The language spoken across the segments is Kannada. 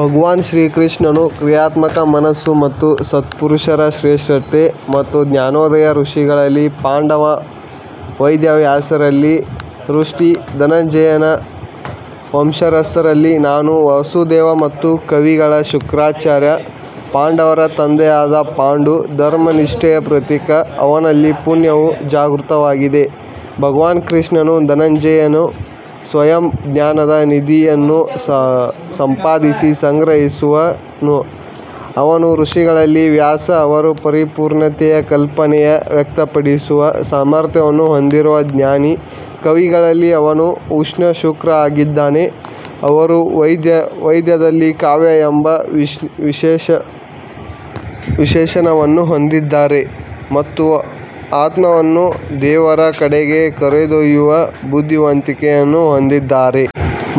ಭಗವಾನ್ ಕೃಷ್ಣನು ಕ್ರಿಯಾತ್ಮಕ ಮನಸ್ಸು ಮತ್ತು ಸತ್ಪುರುಷರ ಶ್ರೇಷ್ಠತೆ ಮತ್ತು ಜ್ಞಾನೋದಯ ಋಷಿಗಳಲ್ಲಿ ಪಾಂಡವ ವೇದವ್ಯಾಸರಲ್ಲಿ ವೃಷ್ಣಿ ಧನಂಜಯನ ವಂಶಸ್ಥರಲ್ಲಿ ನಾನು ವಾಸುದೇವ ಮತ್ತು ಕವಿಗಳಲ್ಲಿ ಶುಕ್ರಾಚಾರ್ಯ ಪಾಂಡವರ ತಂದೆಯಾದ ಪಾಂಡು ಧರ್ಮನಿಷ್ಠೆಯ ಪ್ರತೀಕ ಅವನಲ್ಲಿ ಪುಣ್ಯವು ಜಾಗೃತವಾಗಿದೆ ಭಗವಾನ್ ಕೃಷ್ಣನು ಧನಂಜಯನು ಸ್ವಯಂ ಜ್ಞಾನದ ನಿಧಿಯನ್ನು ಸಂಪಾದಿಸಿ ಸಂಗ್ರಹಿಸುವವನು ಅವನು ಋಷಿಗಳಲ್ಲಿ ವ್ಯಾಸ ಅವರು ಪರಿಪೂರ್ಣತೆಯ ಕಲ್ಪನೆಯನ್ನು ವ್ಯಕ್ತಪಡಿಸುವ ಸಾಮರ್ಥ್ಯವನ್ನು ಹೊಂದಿರುವ ಜ್ಞಾನಿ ಕವಿಗಳಲ್ಲಿ ಅವನು ಉಷ್ಣ ಶುಕ್ರ್ ಆಗಿದ್ದಾನೆ, ಅವರು ವೇದದಲ್ಲಿ ಕಾವ್ಯ ಎಂಬ ವಿಶೇಷಣವನ್ನು ಹೊಂದಿದ್ದಾರೆ ಮತ್ತು ಆತ್ಮವನ್ನು ದೇವರ ಕಡೆಗೆ ಕರೆದೊಯ್ಯುವ ಬುದ್ಧಿವಂತಿಕೆಯನ್ನು ಹೊಂದಿದ್ದಾರೆ.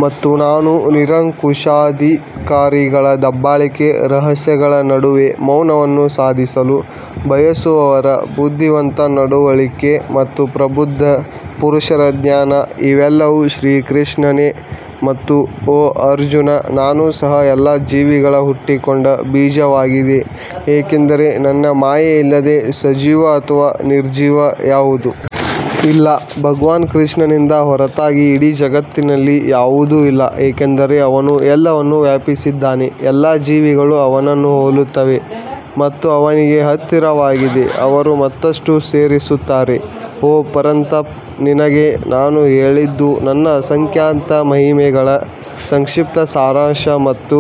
ಮತ್ತು ನಾನು ನಿರಂಕುಶಾಧಿಕಾರಿಗಳ ದಬ್ಬಾಳಿಕೆ ರಹಸ್ಯಗಳ ನಡುವೆ ಮೌನವನ್ನು ಸಾಧಿಸಲು ಬಯಸುವವರ ಬುದ್ಧಿವಂತ ನಡವಳಿಕೆ ಮತ್ತು ಪ್ರಬುದ್ಧ ಪುರುಷರ ಜ್ಞಾನ ಇವೆಲ್ಲವೂ ಶ್ರೀಕೃಷ್ಣನೇ ಮತ್ತು ಓ ಅರ್ಜುನ್ ನಾನು ಸಹ ಎಲ್ಲಾ ಜೀವಿಗಳು ಹುಟ್ಟಿಕೊಂಡ ಬೀಜವಾಗಿದೆ ಏಕೆಂದರೆ ನನ್ನ ಮಾಯೆಯಿಲ್ಲದೆ ಸಜೀವ ಅಥವಾ ನಿರ್ಜೀವ ಯಾವುದೂ ಇಲ್ಲ ಭಗವಾನ್ ಕೃಷ್ಣನಿಂದ ಹೊರತಾಗಿ ಇಡೀ ಜಗತ್ತಿನಲ್ಲಿ ಯಾವುದೂ ಇಲ್ಲ ಏಕೆಂದರೆ ಅವನು ಎಲ್ಲವನ್ನೂ ವ್ಯಾಪಿಸಿದ್ದಾನೆ ಎಲ್ಲಾ ಜೀವಿಗಳು ಅವನನ್ನು ಹೋಲುತ್ತವೆ ಮತ್ತು ಅವನಿಗೆ ಹತ್ತಿರವಾಗಿವೆ ಅವರು ಮತ್ತಷ್ಟು ಸೇರಿಸುತ್ತಾರೆ ಓ ಪರಂತಪ್ ನಿನಗೆ ನಾನು ಹೇಳಿದ್ದು ನನ್ನ ಅಸಂಖ್ಯಾತ ಮಹಿಮೆಗಳ ಸಂಕ್ಷಿಪ್ತ ಸಾರಾಂಶ ಮಾತ್ರ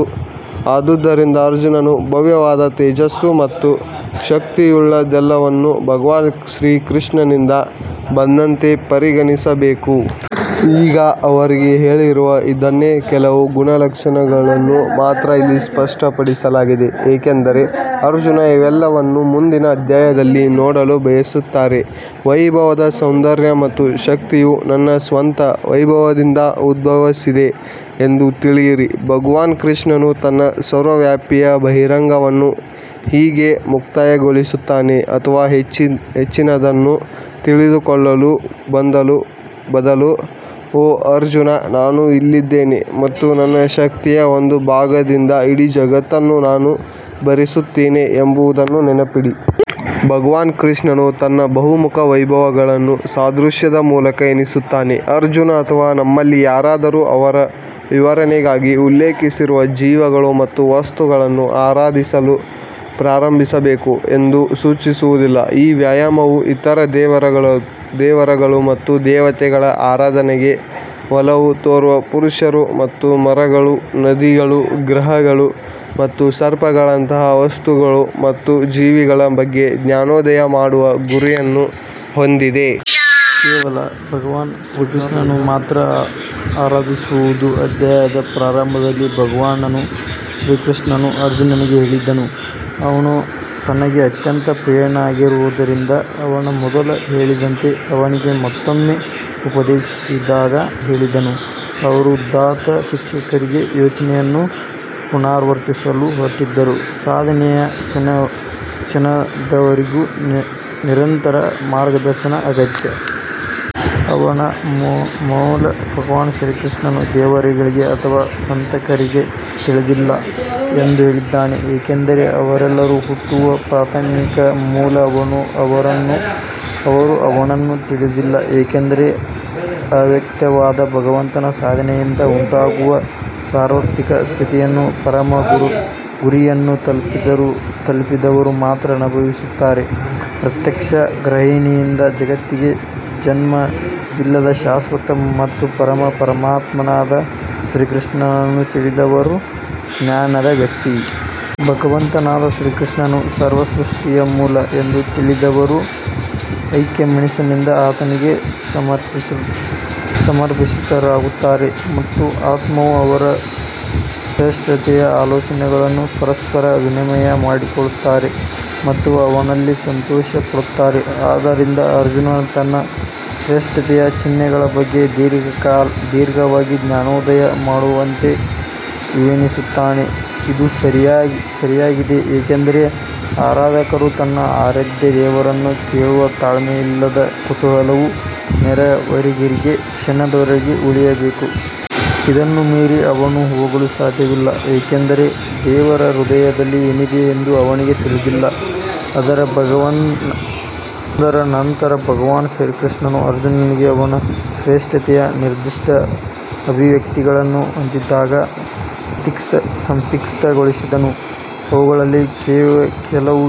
ಆದುದರಿಂದ ಅರ್ಜುನನು ಭವ್ಯವಾದ ತೇಜಸ್ಸು ಮತ್ತು ಶಕ್ತಿಯುಳ್ಳದ್ದೆಲ್ಲವನ್ನು ಭಗವಾನ್ ಶ್ರೀಕೃಷ್ಣನಿಂದ ಬಂದಂತೆ ಪರಿಗಣಿಸಬೇಕು. ಈಗ ಅವರಿಗೆ ಹೇಳಿರುವುದು ಇದನ್ನೇ ಕೆಲವು ಗುಣಲಕ್ಷಣಗಳನ್ನು ಮಾತ್ರ ಇಲ್ಲಿ ಸ್ಪಷ್ಟಪಡಿಸಲಾಗಿದೆ ಏಕೆಂದರೆ ಅರ್ಜುನ್ ಇವೆಲ್ಲವನ್ನೂ ಮುಂದಿನ ಅಧ್ಯಾಯದಲ್ಲಿ ನೋಡಲು ಬಯಸುತ್ತಾರೆ ವೈಭವದ ಸೌಂದರ್ಯ ಮತ್ತು ಶಕ್ತಿಯು ನನ್ನ ಸ್ವಂತ ವೈಭವದಿಂದ ಉದ್ಭವಿಸಿದೆ ಎಂದು ತಿಳಿಯಿರಿ ಭಗವಾನ್ ಕೃಷ್ಣನು ತನ್ನ ಸರ್ವವ್ಯಾಪಿಯ ಬಹಿರಂಗವನ್ನು ಹೀಗೆ ಮುಕ್ತಾಯಗೊಳಿಸುತ್ತಾನೆ ಅಥವಾ ಹೆಚ್ಚಿನದನ್ನು ತಿಳಿದುಕೊಳ್ಳುವ ಬದಲು ಓ ಅರ್ಜುನ್ ನಾನು ಇಲ್ಲಿದ್ದೇನೆ ಮತ್ತು ನನ್ನ ಶಕ್ತಿಯ ಒಂದು ಭಾಗದಿಂದ ಇಡೀ ಜಗತ್ತನ್ನು ನಾನು ಭರಿಸುತ್ತೇನೆ ಎಂಬುದನ್ನು ನೆನಪಿಡಿ. ಭಗವಾನ್ ಕೃಷ್ಣನು ತನ್ನ ಬಹುಮುಖ ವೈಭವಗಳನ್ನು ಸಾದೃಶ್ಯದ ಮೂಲಕ ಎಣಿಸುತ್ತಾನೆ ಅರ್ಜುನ್ ಅಥವಾ ನಮ್ಮಲ್ಲಿ ಯಾರಾದರೂ ಅವರು ವಿವರಣೆಗಾಗಿ ಉಲ್ಲೇಖಿಸಿರುವ ಜೀವಿಗಳು ಮತ್ತು ವಸ್ತುಗಳನ್ನು ಆರಾಧಿಸಲು ಪ್ರಾರಂಭಿಸಬೇಕು ಎಂದು ಸೂಚಿಸುವುದಿಲ್ಲ ಈ ವ್ಯಾಯಾಮವು ಇತರ ದೇವರುಗಳು ಮತ್ತು ದೇವತೆಗಳ ಆರಾಧನೆಗೆ ಒಲವು ತೋರುವ ಪುರುಷರು ಮತ್ತು ಮರಗಳು ನದಿಗಳು ಗ್ರಹಗಳು ಮತ್ತು ಸರ್ಪಗಳಂತಹ ವಸ್ತುಗಳು ಮತ್ತು ಜೀವಿಗಳ ಬಗ್ಗೆ ಜ್ಞಾನೋದಯ ಮಾಡುವ ಗುರಿಯನ್ನು ಹೊಂದಿದೆ. ಕೇವಲ ಭಗವಾನ್ ಕೃಷ್ಣನನ್ನು ಮಾತ್ರ ಆರಾಧಿಸುವುದು ಅಧ್ಯಾಯದ ಪ್ರಾರಂಭದಲ್ಲಿ ಭಗವಾನ್ ಕೃಷ್ಣನು ಅರ್ಜುನನಿಗೆ ಹೇಳಿದನು, ಅವನು ತನಗೆ ಅತ್ಯಂತ ಪ್ರಿಯನಾಗಿರುವುದರಿಂದ ಅವನು ಮೊದಲು ಹೇಳಿದಂತೆಯೇ ಅವನಿಗೆ ಮತ್ತೊಮ್ಮೆ ಉಪದೇಶಿಸುವುದಾಗಿ ಹೇಳಿದನು. ಅವರು ಉದಾತ್ತ ಶಿಕ್ಷಕರಿಗೆ ಸೂಚನೆಯನ್ನು ಪುನರಾವರ್ತಿಸಲು ಹೊರಟಿದ್ದರು, ಸಾಧನೆಯ ಕ್ಷಣದವರೆಗೂ ನಿರಂತರ ಮಾರ್ಗದರ್ಶನ ಅಗತ್ಯ. ಅವನ ಮೂಲ ಭಗವಾನ್ ಕೃಷ್ಣನು ದೇವರುಗಳಿಗೆ ಅಥವಾ ಸಂತರಿಗೆ ತಿಳಿದಿಲ್ಲ ಎಂದು ಹೇಳಿದ್ದಾನೆ ಏಕೆಂದರೆ ಅವರೆಲ್ಲರೂ ಹುಟ್ಟುವ ಪ್ರಾಥಮಿಕ ಮೂಲ ಅವನು. ಅವರು ಅವನನ್ನು ತಿಳಿದಿಲ್ಲ ಏಕೆಂದರೆ ಅವ್ಯಕ್ತವಾದ ಭಗವಂತನ ಸಾಧನೆಯಿಂದ ಉಂಟಾಗುವ ಸಾರ್ವತ್ರಿಕ ಸ್ಥಿತಿಯನ್ನು ಪರಮ ಗುರಿಯನ್ನು ತಲುಪಿದವರು ಮಾತ್ರ ಅನುಭವಿಸುತ್ತಾರೆ. ಪ್ರತ್ಯಕ್ಷ ಗ್ರಹಿಕೆಯಿಂದ ಜಗತ್ತಿಗೆ ಜನ್ಮವಿಲ್ಲದ ಶಾಶ್ವತ ಮತ್ತು ಪರಮ ಪರಮಾತ್ಮನಾದ ಶ್ರೀಕೃಷ್ಣನನ್ನು ತಿಳಿದಿರುವ ಜ್ಞಾನದ ವ್ಯಕ್ತಿ. ಭಗವಂತನಾದ ಶ್ರೀಕೃಷ್ಣನು ಸರ್ವಸೃಷ್ಟಿಯ ಮೂಲ ಎಂದು ತಿಳಿದವರು ಏಕಮನಸ್ಸಿನಿಂದ ಆತನಿಗೆ ಸಮರ್ಪಿತರಾಗುತ್ತಾರೆ ಮತ್ತು ಆತ್ಮವು ಅವರ ಶ್ರೇಷ್ಠತೆಯ ಆಲೋಚನೆಗಳನ್ನು ಪರಸ್ಪರ ವಿನಿಮಯ ಮಾಡಿಕೊಳ್ಳುತ್ತಾರೆ ಮತ್ತು ಅವನಲ್ಲಿ ಸಂತೋಷಪಡುತ್ತಾರೆ. ಆದ್ದರಿಂದ ಅರ್ಜುನ್ ತನ್ನ ಶ್ರೇಷ್ಠತೆಯ ಚಿಹ್ನೆಗಳ ಬಗ್ಗೆ ದೀರ್ಘವಾಗಿ ಜ್ಞಾನೋದಯ ಮಾಡುವಂತೆ ವಿನಂತಿಸುತ್ತಾನೆ ಇದು ಸರಿಯಾಗಿದೆ ಏಕೆಂದರೆ ಆರಾಧಕರು ತನ್ನ ಆರಾಧ್ಯ ದೇವರನ್ನು ಕೇಳುವ ತಾಳ್ಮೆಯಿಲ್ಲದ ಕುತೂಹಲವು ನೆರವೇರಿಕೆಯ ಕ್ಷಣದವರೆಗೂ ಉಳಿಯಬೇಕು. ಇದನ್ನು ಮೀರಿ ಅವನು ಹೋಗಲು ಸಾಧ್ಯವಿಲ್ಲ ಏಕೆಂದರೆ ದೇವರ ಹೃದಯದಲ್ಲಿ ಏನಿದೆ ಎಂದು ಅವನಿಗೆ ತಿಳಿದಿಲ್ಲ ಅದರ ನಂತರ ಭಗವಾನ್ ಕೃಷ್ಣನು ಅರ್ಜುನನಿಗೆ ಅವನ ಶ್ರೇಷ್ಠತೆಯ ನಿರ್ದಿಷ್ಟ ಅಭಿವ್ಯಕ್ತಿಗಳನ್ನು ಒಂದೊಂದಾಗಿ ಸಂಕ್ಷಿಪ್ತಗೊಳಿಸಿದನು ಅವುಗಳಲ್ಲಿ ಕೆಲವು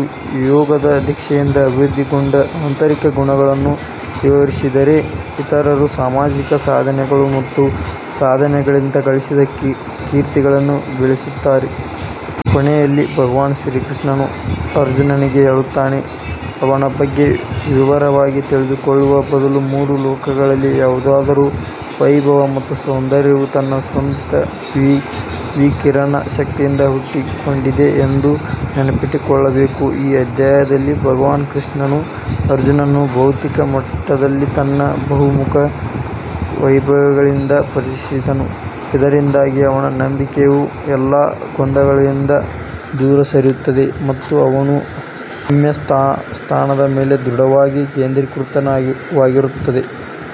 ಯೋಗದ ದೀಕ್ಷೆಯಿಂದ ಅಭಿವೃದ್ಧಿಗೊಂಡ ಆಂತರಿಕ ಗುಣಗಳನ್ನು ವಿವರಿಸಿದರೆ ಇತರರು ಸಾಮಾಜಿಕ ಸಾಧನೆಗಳು ಮತ್ತು ಸಾಧನೆಗಳಿಂದ ಗಳಿಸಿದ ಕೀರ್ತಿಗಳನ್ನು ಬೆಳಗಿಸುತ್ತಾರೆ. ಕೊನೆಯಲ್ಲಿ, ಭಗವಾನ್ ಕೃಷ್ಣನು ಅರ್ಜುನನಿಗೆ ಹೇಳುತ್ತಾನೆ, ಅವನ ಬಗ್ಗೆ ವಿವರವಾಗಿ ತಿಳಿದುಕೊಳ್ಳುವ ಬದಲು, ಮೂರು ಲೋಕಗಳಲ್ಲಿ ಯಾವುದಾದರೂ ವೈಭವ ಮತ್ತು ಸೌಂದರ್ಯವು ತನ್ನ ಸ್ವಂತ ವಿಕಿರಣ ಶಕ್ತಿಯಿಂದ ಹುಟ್ಟಿಕೊಂಡಿದೆ ಎಂದು ನೆನಪಿಟ್ಟುಕೊಳ್ಳಬೇಕು. ಈ ಅಧ್ಯಾಯದಲ್ಲಿ ಭಗವಾನ್ ಕೃಷ್ಣನು ಅರ್ಜುನನನ್ನು ಬೌದ್ಧಿಕ ಮಟ್ಟದಲ್ಲಿ ತನ್ನ ಬಹುಮುಖ ವೈಭವಗಳೊಂದಿಗೆ ಪರಿಚಯಿಸಿದನು ಇದರಿಂದಾಗಿ ಅವನ ನಂಬಿಕೆಯು ಎಲ್ಲಾ ಗೊಂದಲಗಳಿಂದ ದೂರ ಸರಿಯುತ್ತದೆ ಮತ್ತು ಅವನ ಗಮ್ಯಸ್ಥಾನದ ಮೇಲೆ ದೃಢವಾಗಿ ಕೇಂದ್ರೀಕೃತವಾಗಿರುತ್ತದೆ.